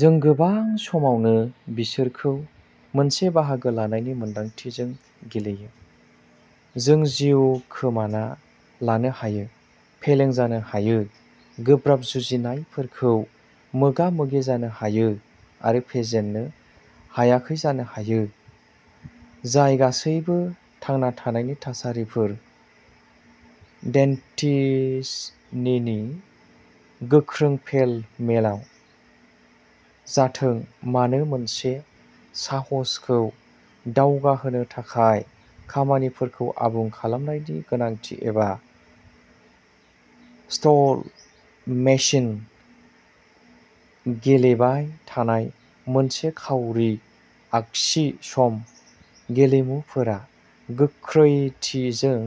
जों गोबां समावनो बिसोरखौ मोनसे बाहागो लानायनि मोन्दांथिजों गेलेयो। जों जिउ खोमाना लानो हायो, फेलें जानो हायो, गोब्राब जुजिनायफोरखौ मोगा-मोगि जानो हायो आरो फेजेननो हायासै जानो हायो, जाय गासैबो थांना थानायनि थासारिफोर। डेस्टिनिनि गोख्रों पेल मेलाव जाथों मानो मोनसे साहसखौ दावगाहोनो थाखाय खामानिफोरखौ आबुं खालामनायनि गोनांथि एबा स्लट मेसिन गेलेबाय थानाय मोनसे खाउरि आगसि सम, गेलेमुफोरा गोख्रैथिजों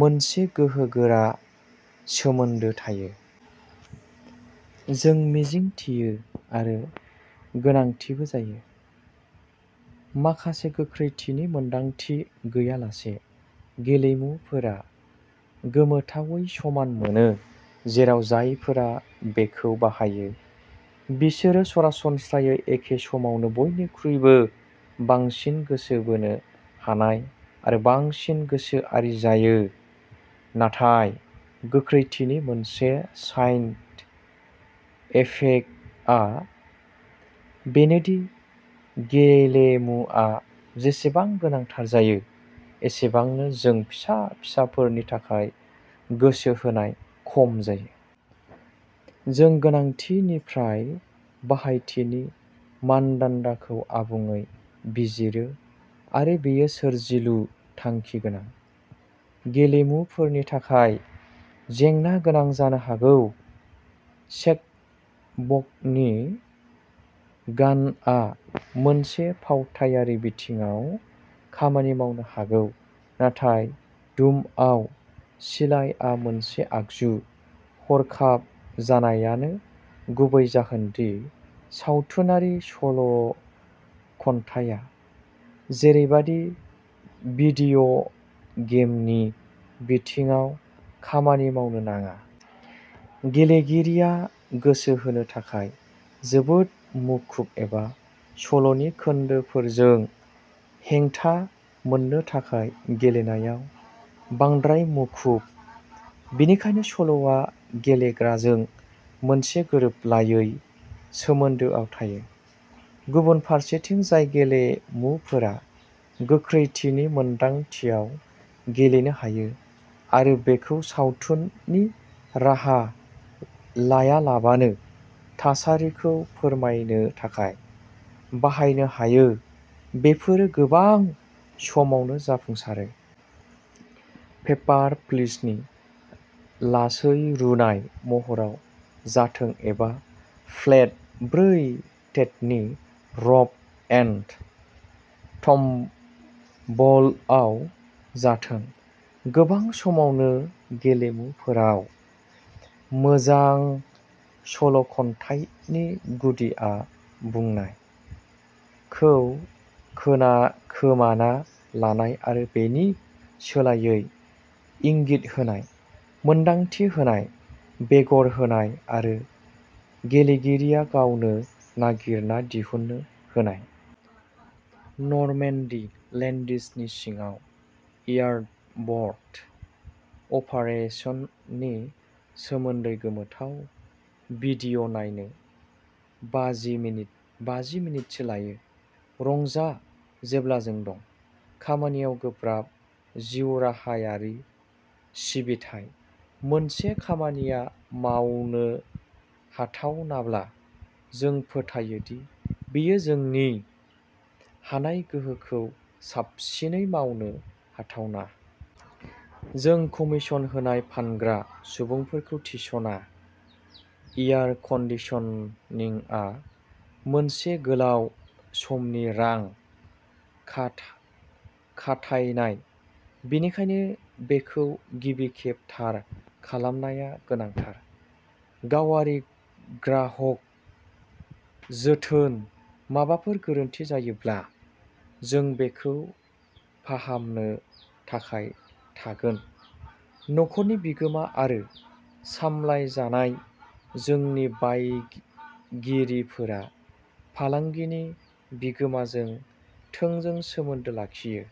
मोनसे गोहोगोरा सोमोन्दो थायो। जों मिजिंथियो आरो गोनांथिबो जायो। माखासे गोख्रैथिनि मोनदांथि गैयालासे गेलेमुफोरा गोमोथावै समान मोनो, जेराव जायफोरा बेखौ बाहायो बिसोरो सरासनस्रायै एखे समावनो बयनिख्रुइबो बांसिन गोसो बोनो हानाय आरो बांसिन गोसोआरि जायो। नाथाय गोख्रैथिनि मोनसे साइड इफेक्टआ बेनो दि गेलेमुआ जेसेबां गोनांथार जायो एसेबांनो जों फिसा-फिसाफोरनि थाखाय गोसो होनाय खम जायो। जों गोनांथिनिफ्राय बाहायथिनि मानदान्दाखौ आबुङै बिजिरो आरो बेयो सोरजिलु थांखि गोनां गेलेमुफोरनि थाखाय जेंनागोनां जानो हागौ। चेखभनि गानआ मोनसे फावथायारि बिथिङाव खामानि मावनो हागौ नाथाय डुमआव सिलाइआ मोनसे आगजु। हरखाब जानायानो गुबै जाहोन दि सावथुनारि सल'खन्थाया जेरैबादि भिदिय'गेमनि बिथिङाव खामानि मावनो नाङा। गेलेगिरिया गोसो होनो थाखाय जोबोद मुखुब एबा सल'नि खोन्दोफोरजों हेंथा मोननो थाखाय गेलेनायाव बांद्राय मुखुब। बेनिखायनो सल'आ गेलेग्राजों मोनसे गोरोबलायै सोमोन्दोआव थायो। गुबुन फारसेथिं जाय गेलेमुफोरा गोख्रैथिनि मोनदांथियाव गेलेनो हायो आरो बेखौ सावथुननि राहा लायालाबानो थासारिखौ फोरमायनो थाखाय बाहायनो हायो, बेफोरो गोबां समावनो जाफुंसारो। पेपार प्लिसनि लासै रुनाय महराव जाथों एबा लेफ्ट ब्रै डेडनि र'फ एन्ड टम्बलआव जाथों गोबां समावनो गेलेमुफोराव मोजां सल'खन्थानायनि गुदिआ "बुंनाय" खौ खोन खोमाना लानाय आरो बेनि सोलायै इंगित होनाय, मोनदांथि होनाय, बेगर दोननाय आरो गेलेगिरिया गावनो नागिरना दिहुननो होनाय। नर्मेन्डी लेन्डिंसनि सिङाव एयारब'र्न अपारेसननि सोमोन्दै गोमोथाव भिदिय' नायनो बाजि मिनिटसो लायो। रंजा, जेब्ला जों दं। खामानियाव गोब्राब जिउराहायारि सिबिथाइ मोनसे खामानिया मावनो हाथावनाब्ला जों फोथायो दि बेयो जोंनि हानाय गोहोखौ साबसिनै मावनो हाथावना। जों कमिसन होनाय फानग्रा सुबुंफोरखौ थिसना, एयार कन्दिसनिंआ मोनसे गोलाव समनि रां खाथा खाथायनाय, बेनिखायनो बेखौ गिबि खेब थार खालामनाया गोनांथार। गावारि ग्राहक जोथोन माबाफोर गोरोन्थि जायोब्ला जों बेखौ फाहामनो थाखाय थागोन। न'खरनि बिगोमा आरो सामलायजानाय जोंनि बायगिरिफोरा फालांगिनि बिगोमाजों थोंजों सोमोन्दो लाखियो।